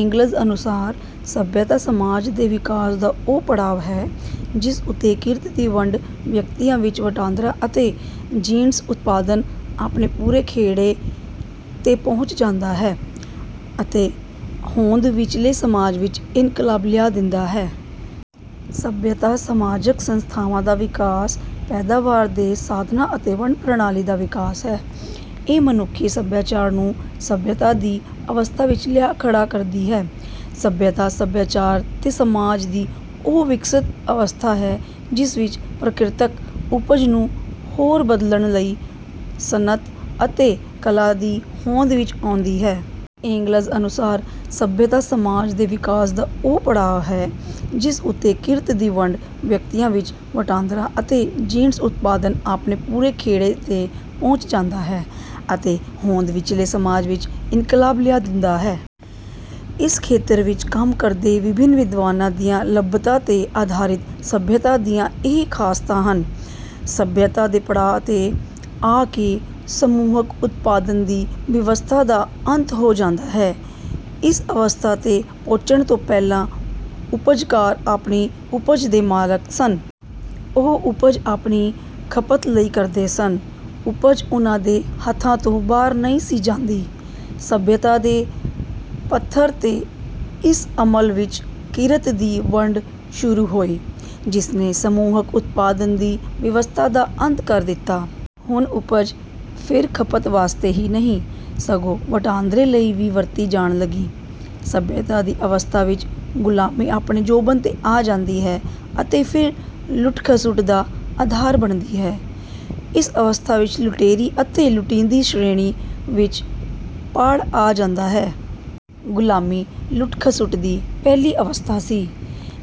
Engels ਅਨੁਸਾਰ: "ਸੱਭਿਅਤਾ ਸਮਾਜ ਦੇ ਵਿਕਾਸ ਦਾ ਉਹ ਪੜਾਅ ਹੈ, ਜਿਸ ਉੱਤੇ ਕਿਰਤ ਦੀ ਵੰਡ, ਵਿਅਕਤੀਆਂ ਵਿੱਚ ਵਟਾਂਦਰਾ ਅਤੇ ਜਿਣਸ ਉਤਪਾਦਨ ਆਪਣੇ ਪੂਰੇ ਖੇੜੇ ਤੇ ਪਹੁੰਚ ਜਾਂਦਾ ਹੈ ਅਤੇ ਹੋਂਦ ਵਿੱਚਲੇ ਸਮਾਜ ਵਿੱਚ ਇਨਕਲਾਬ ਲਿਆ ਦਿੰਦਾ ਹੈ।" ਸੱਭਿਅਤਾ ਸਮਾਜਕ ਸੰਸਥਾਵਾਂ ਦਾ ਵਿਕਾਸ, ਪੈਦਾਵਾਰ ਦੇ ਸਾਧਨਾਂ ਅਤੇ ਵੰਡ ਪ੍ਰਣਾਲੀ ਦਾ ਵਿਕਾਸ ਹੈ। ਇਹ ਮਨੁੱਖੀ ਸੱਭਿਆਚਾਰ ਨੂੰ ਸੱਭਿਅਤਾ ਦੀ ਅਵਸਥਾ ਵਿੱਚ ਲਿਆ ਖੜ੍ਹਾ ਕਰਦੀ ਹੈ। ਸੱਭਿਅਤਾ, ਸੱਭਿਆਚਾਰ ਤੇ ਸਮਾਜ ਦੀ ਉਹ ਵਿਕਸਤ ਅਵਸਥਾ ਹੈ ਜਿਸ ਵਿੱਚ ਪ੍ਰਕਿਰਤਕ ਉਪਜ ਨੂੰ ਹੋਰ ਬਦਲਣ ਲਈ ਸਨਅਤ ਅਤੇ ਕਲਾ ਦੀ ਹੋਂਦ ਵਿੱਚ ਆਉਂਦੀ ਹੈ। ਏਂਗਲਜ਼ ਅਨੁਸਾਰ ਸੱਭਿਅਤਾ ਸਮਾਜ ਦੇ ਵਿਕਾਸ ਦਾ ਉਹ ਪੜਾਅ ਹੈ, ਜਿਸ ਉੱਤੇ ਕਿਰਤ ਦੀ ਵੰਡ, ਵਿਅਕਤੀਆਂ ਵਿੱਚ ਵਟਾਂਦਰਾ ਅਤੇ ਜਿਣਸ ਉਤਪਾਦਨ ਆਪਣੇ ਪੂਰੇ ਖੇੜੇ ਤੇ ਪਹੁੰਚ ਜਾਂਦਾ ਹੈ ਅਤੇ ਹੋਂਦ ਵਿੱਚਲੇ ਸਮਾਜ ਵਿੱਚ ਇਨਕਲਾਬ ਲਿਆ ਦਿੰਦਾ ਹੈ। ਇਸ ਖੇਤਰ ਵਿੱਚ ਕੰਮ ਕਰਦੇ ਵਿਭਿੰਨ ਵਿਦਵਾਨਾਂ ਦੀਆਂ ਲੱਭਤਾਂ ਤੇ ਆਧਾਰਿਤ ਸੱਭਿਅਤਾ ਦੀਆਂ ਇਹ ਖਾਸਤਾਂ ਹਨ। ਸੱਭਿਅਤਾ ਦੇ ਪੜਾਅ ਤੇ ਆ ਕੇ ਸਮੂਹਕ ਉਤਪਾਦਨ ਦੀ ਵਿਵਸਥਾ ਦਾ ਅੰਤ ਹੋ ਜਾਂਦਾ ਹੈ। ਇਸ ਅਵਸਥਾ ਤੇ ਪਹੁੰਚਣ ਤੋਂ ਪਹਿਲਾਂ ਉਪਜਕਾਰ ਆਪਣੀ ਉਪਜ ਦੇ ਮਾਲਕ ਸਨ। ਉਹ ਉਪਜ ਆਪਣੀ ਖਪਤ ਲਈ ਕਰਦੇ ਸਨ। ਉਪਜ ਉਨ੍ਹਾਂ ਦੇ ਹੱਥਾਂ ਤੋਂ ਬਾਹਰ ਨਹੀਂ ਸੀ ਜਾਂਦੀ। ਸੱਭਿਅਤਾ ਦੇ ਪੱਧਰ ਤੇ ਇਸ ਅਮਲ ਵਿੱਚ ਕਿਰਤ ਦੀ ਵੰਡ ਸ਼ੁਰੂ ਹੋਈ, ਜਿਸਨੇ ਸਮੂਹਕ ਉਤਪਾਦਨ ਦੀ ਵਿਵਸਥਾ ਦਾ ਅੰਤ ਕਰ ਦਿੱਤਾ। ਹੁਣ ਉਪਜ ਫਿਰ ਖਪਤ ਵਾਸਤੇ ਹੀ ਨਹੀਂ, ਸਗੋਂ ਵਟਾਂਦਰੇ ਲਈ ਵੀ ਵਰਤੀ ਜਾਣ ਲੱਗੀ। ਸੱਭਿਅਤਾ ਦੀ ਅਵਸਥਾ ਵਿੱਚ ਗੁਲਾਮੀ ਆਪਣੇ ਜੋਬਨ ਤੇ ਆ ਜਾਂਦੀ ਹੈ ਅਤੇ ਇਹ ਲੁੱਟ-ਖਸੁੱਟ ਦਾ ਅਧਾਰ ਬਣਦੀ ਹੈ। ਇਸ ਅਵਸਥਾ ਵਿੱਚ ਲੁਟੇਰੀ ਅਤੇ ਲੁਟੀਂਦੀ ਸ਼੍ਰੇਣੀ ਵਿੱਚ ਪਾੜ ਆ ਜਾਂਦਾ ਹੈ। ਗੁਲਾਮੀ ਲੁੱਟ-ਖਸੁੱਟ ਦੀ ਪਹਿਲੀ ਅਵਸਥਾ ਸੀ,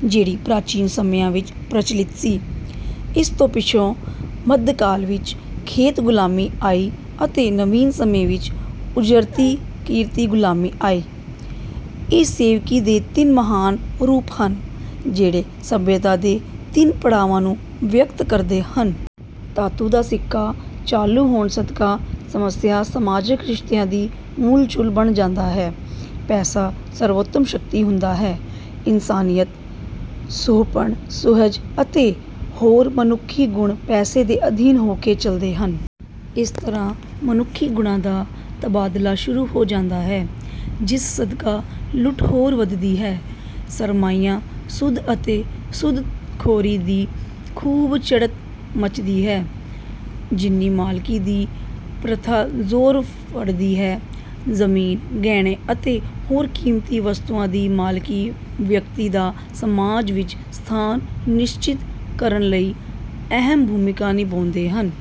ਜਿਹੜੀ ਪ੍ਰਾਚੀਨ ਸਮਿਆਂ ਵਿੱਚ ਪ੍ਰਚਲਿਤ ਸੀ। ਇਸ ਤੋਂ ਪਿੱਛੋਂ ਮੱਧਕਾਲ ਵਿੱਚ ਖੇਤ-ਗੁਲਾਮੀ ਆਈ ਅਤੇ ਨਵੀਨ ਸਮੇਂ ਵਿੱਚ ਉਜਰਤੀ ਕਿਰਤੀ ਗੁਲਾਮੀ ਆਈ। ਇਹ ਸੇਵਕੀ ਦੇ ਤਿੰਨ ਮਹਾਨ ਰੂਪ ਹਨ, ਜਿਹੜੇ ਸੱਭਿਅਤਾ ਦੇ ਤਿੰਨ ਪੜਾਵਾਂ ਨੂੰ ਵਿਅਕਤ ਕਰਦੇ ਹਨ। ਧਾਤੂ ਦਾ ਸਿੱਕਾ ਚਾਲੂ ਹੋਣ ਸਦਕਾ ਸਰਮਾਇਆ ਸਮਾਜਕ ਰਿਸ਼ਤਿਆਂ ਦੀ ਮੂਲ ਚੂਲ ਬਣ ਜਾਂਦਾ ਹੈ। ਪੈਸਾ ਸਰਵੋਤਮ ਸ਼ਕਤੀ ਹੁੰਦਾ ਹੈ। ਇਨਸਾਨੀਅਤ, ਸੁਹੱਪਣ, ਸੁਹਜ ਅਤੇ ਹੋਰ ਮਨੁੱਖੀ ਗੁਣ ਪੈਸੇ ਦੇ ਅਧੀਨ ਹੋ ਕੇ ਚਲਦੇ ਹਨ। ਇਸ ਤਰ੍ਹਾਂ ਮਨੁੱਖੀ ਗੁਣਾਂ ਦਾ ਤਬਾਦਲਾ ਸ਼ੁਰੂ ਹੋ ਜਾਂਦਾ ਹੈ, ਜਿਸ ਸਦਕਾ ਲੁੱਟ ਹੋਰ ਵਧਦੀ ਹੈ। ਸਰਮਾਇਆ, ਸੂਦ ਅਤੇ ਸੂਦ-ਖੋਰੀ ਦੀ ਖੂਬ ਚੜ੍ਹ ਮੱਚਦੀ ਹੈ। ਨਿੱਜੀ ਮਾਲਕੀ ਦੀ ਪ੍ਰਥਾ ਜ਼ੋਰ ਫੜਦੀ ਹੈ। ਜ਼ਮੀਨ, ਗਹਿਣੇ ਅਤੇ ਹੋਰ ਕੀਮਤੀ ਵਸਤੂਆਂ ਦੀ ਮਾਲਕੀ ਵਿਅਕਤੀ ਦਾ ਸਮਾਜ ਵਿੱਚ ਸਥਾਨ ਨਿਸ਼ਚਿਤ ਕਰਨ ਲਈ ਅਹਿਮ ਭੂਮਿਕਾ ਨਿਭਾਉਂਦੇ ਹਨ।